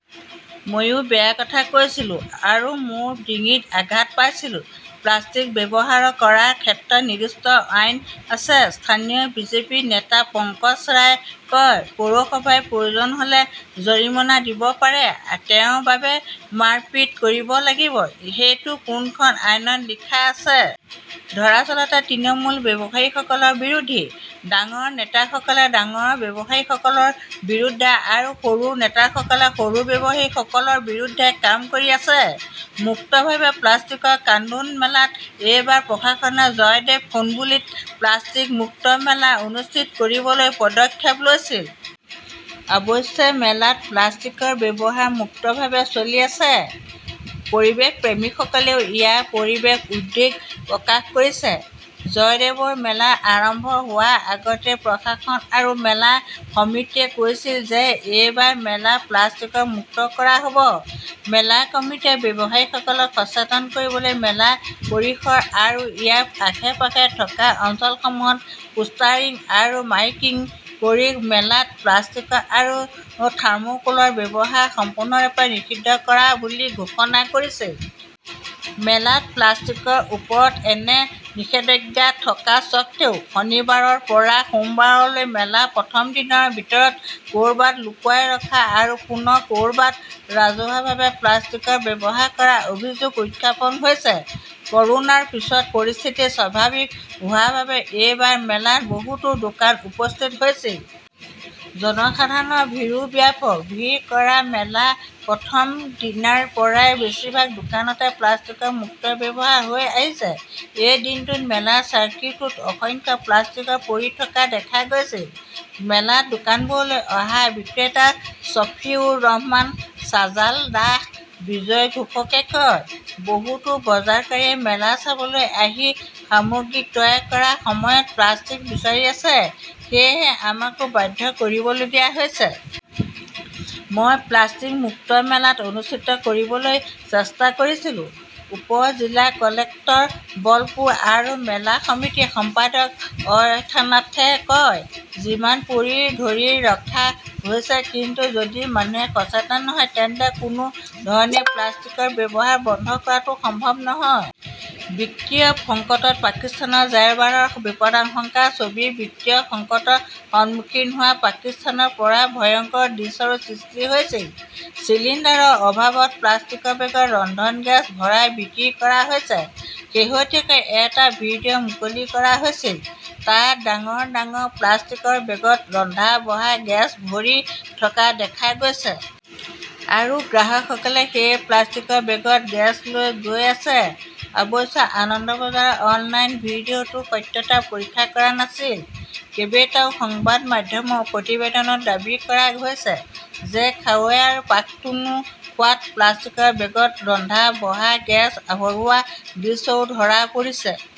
মইও বেয়া কথা কৈছিলোঁ আৰু মোৰ ডিঙিত আঘাত পাইছিলোঁ। প্লাষ্টিক ব্যৱহাৰ কৰাৰ ক্ষেত্ৰত নিৰ্দিষ্ট আইন আছে, স্থানীয় বিজেপি নেতা পঙ্কজ ৰয়ে কয়। পৌৰসভাই প্ৰয়োজন হ'লে জৰিমনা দিব পাৰে। তেওঁৰ বাবে মাৰপিট কৰিব লাগিব সেইটো কোনখন আইনত লিখা আছে? দৰাচলতে তৃণমূল ব্যৱসায়ীসকলৰ বিৰোধী। ডাঙৰ নেতাসকলে ডাঙৰ ব্যৱসায়ীসকলৰ বিৰুদ্ধে আৰু সৰু নেতাসকলে সৰু ব্যৱসায়ীসকলৰ বিৰুদ্ধে কাম কৰি আছে। মুক্তভাৱে প্লাষ্টিকৰ কান্দোন মেলাত এইবাৰ প্ৰশাসনে জয়দেৱ কাণ্ডুলিত প্লাষ্টিক মুক্ত মেলা অনুষ্ঠিত কৰিবলৈ পদক্ষেপ লৈছিল। অৱশ্যে, মেলাত প্লাষ্টিকৰ ব্যৱহাৰ মুক্তভাৱে চলি আছে। পৰিৱেশপ্ৰেমীসকলেও ইয়াৰ বিষয়ে উদ্বেগ প্ৰকাশ কৰিছে। জয়দেৱৰ মেলা আৰম্ভ হোৱাৰ আগতেই প্ৰশাসন আৰু মেলা সমিতিয়ে কৈছিল যে এইবাৰ মেলা প্লাষ্টিক মুক্ত কৰা হ'ব। মেলা কমিটীয়ে ব্যৱসায়ীসকলক সচেতন কৰিবলৈ মেলা পৰিসৰ আৰু ইয়াৰ আশে-পাশে থকা অঞ্চলসমূহত পোষ্টাৰিং আৰু মাইকিং কৰি মেলাত প্লাষ্টিক আৰু থাৰ্মোকোলৰ ব্যৱহাৰ সম্পূৰ্ণৰূপে নিষিদ্ধ কৰা বুলি ঘোষণা কৰিছিল। মেলাত প্লাষ্টিকৰ ওপৰত এনে নিষেধাজ্ঞা থকা স্বত্বেও, শনিবাৰৰ পৰা সোমবাৰলৈ মেলাৰ প্ৰথম দিনৰ ভিতৰত ক'ৰবাত লুকুৱাই ৰখা আৰু পুনৰ ক'ৰবাত ৰাজহুৱাভাৱে প্লাষ্টিক ব্যৱহাৰ কৰাৰ অভিযোগ উত্থাপন হৈছে। ক'ৰোনাৰ পিছত পৰিস্থিতি স্বাভাৱিক হোৱাৰ বাবে এইবাৰ এই মেলাত বহুতো দোকান উপস্থিত হৈছিল। জনসাধাৰণৰ ভিৰো ব্যাপক। ভিৰ কৰা মেলাৰ প্ৰথম দিনৰ পৰাই বেছিভাগ দোকানতে প্লাষ্টিকৰ মুক্ত ব্যৱহাৰ হৈ আহিছে। এই দিনটোত মেলা চাৰ্কিটতো অসংখ্য প্লাষ্টিক পৰি থকা দেখা গৈছিল। মেলাত দোকানবোৰলৈ অহা বিক্ৰেতা শ্বফিউৰ ৰহমান, ছাজাল দাস, বিজয় ঘোষই কয়, বহুতো বজাৰকাৰীয়ে মেলা চাবলৈ আহি সামগ্ৰী ক্ৰয় কৰাৰ সময়ত প্লাষ্টিক বিচাৰি আছে, সেয়েহে আমাকো বাধ্য কৰিবলগীয়া হৈছে। মই প্লাষ্টিক মুক্ত মেলা অনুষ্ঠিত কৰিবলৈ চেষ্টা কৰিছিলো, উপ-জিলা কালেক্টৰ বলপুৰ আৰু মেলা সমিতিৰ সম্পাদক অয়ননাথে কয়। যিমান পাৰি ধৰি ৰখা হৈছে। কিন্তু যদি মানুহে সচেতন নহয় তেন্তে কোনো ধৰণে প্লাষ্টিকৰ ব্যৱহাৰ বন্ধ কৰাটো সম্ভৱ নহয়। বিত্তীয় সংকটত পাকিস্তানত জেৰবাৰৰ বিপদাশংকাৰ ছবি বিত্তীয় সংকটৰ সন্মুখীন হোৱা পাকিস্তানৰ পৰা ভয়ংকৰ দৃশ্যৰ সৃষ্টি হৈছিল। চিলিণ্ডাৰৰ অভাৱত প্লাষ্টিকৰ বেগত ৰন্ধন গেছ ভৰাই বিক্ৰী কৰা হৈছে। শেহতীয়াকৈ এটা ভিডিঅ মুকলি কৰা হৈছিল। তাত ডাঙৰ ডাঙৰ প্লাষ্টিকৰ বেগত ৰন্ধা-বঢ়াৰ গেছ ভৰি থকা দেখা গৈছে। আৰু গ্ৰাহকসকলে সেই প্লাষ্টিকৰ বেগত গেছ লৈ গৈ আছে! অৱশ্যে আনন্দবাজাৰ অনলাইন ভিডিঅটোৰ সত্যতা পৰীক্ষা কৰা নাছিল। কেইবাটাও সংবাদ মাধ্যমৰ প্ৰতিবেদনত দাবী কৰা হৈছে যে খাৱেবাৰ পাখতুনখোৱাত প্লাষ্টিকৰ বেগত ৰন্ধা-বঢ়াৰ গেছ ভৰোৱাৰ দৃশ্য ধৰা পৰিছে।